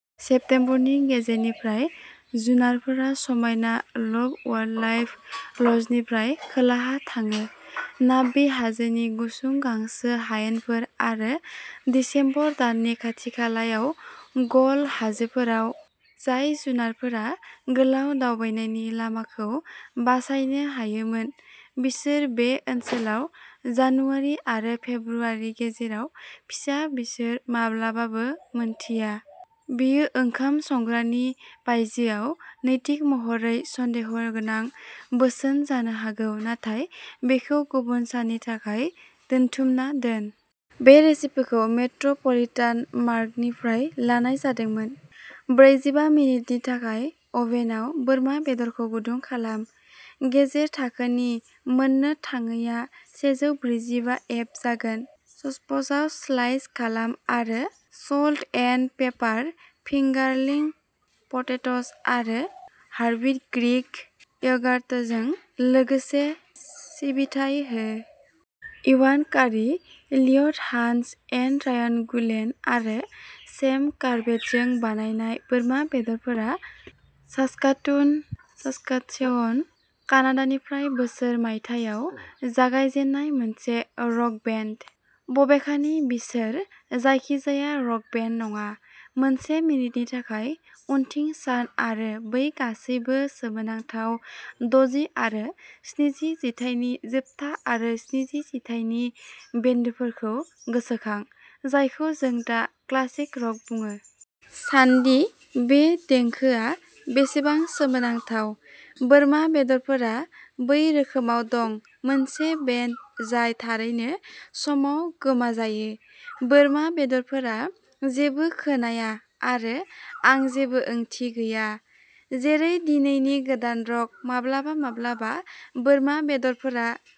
सेप्टेम्बरनि गेजेरनिफ्राय जुनारफोरा समायना लब'वाइल्डलाइफ ल'जनिफ्राय खोलाहा थाङो, नाब्बी हाजोनि गुसुं गांसो हायेनफोर आरो दिसेम्बर दाननि खाथि-खालायाव गल हाजोफोराव। जाय जुनारफोरा गोलाव दावबायनायनि लामाखौ बासायनो हायोमोन, बिसोर बे ओनसोलाव जानुवारि आरो फेब्रुआरि गेजेराव फिसा बिसोर माब्लाबाबो मिन्थिया, बेयो ओंखाम संग्रानि बायजोआव नैतिक महरै सन्देहगोनां बोसोन जानो हागौ नाथाय बेखौ गुबुन साननि थाखाय दोनथुमना दोन। बे रेसिपिखौ मेट्र'पलिटान मार्केटनिफ्राय लानाय जादोंमोन। ब्रैजिबा मिनिटनि थाखाय अभेनआव बोरमा बेदरखौ गुदुं खालाम, गेजेर थाखोनि मोननो थाङैआ सेजौ ब्रैजिबा एफ जागोन। चप्सआव स्लाइस खालाम आरो salt and pepper fingerling potatoes आरो हार्बड ग्रीक य'गार्टजों लोगोसे सिबिथाय हो। इवान कारि, लिय'ट हानस', एन रायन गुलेन आरो सेम कर्बेटजों बानायनाय बोरमा बेदरफोरा सास्काटुन, सास्काटचेवन, कानाडानिफ्राय बोसोर मायथाइयाव जागायजेन्नाय मोनसे रक बेन्ड। बबेखानि बिसोर जायखिजाया रक बेन्ड नङा। मोनसे मिनिटनि थाखाय उनथिं सान आरो बै गासैबो सोमोनांथाव दजि आरो स्निजि जिथाइनि जोबथा आरो स्निजि जिथाइनि बेन्डफोरखौ गोसोखां, जायखौ जों दा क्लासिक रक बुङो। सानदि बे देंखोआ बेसेबां सोमोनांथाव। बोरमा बेदरफोरा बै रोखोमाव दं। मोनसे बेन्ड जाय थारैनो समाव गोमाजायो, बोरमा बेदरफोरा जेबो खोनाया आरो आं जेबो ओंथि गैया, जेरै दिनैनि गोदान रक। माब्लाबा-माब्लाबा बोरमा बेदरफोरा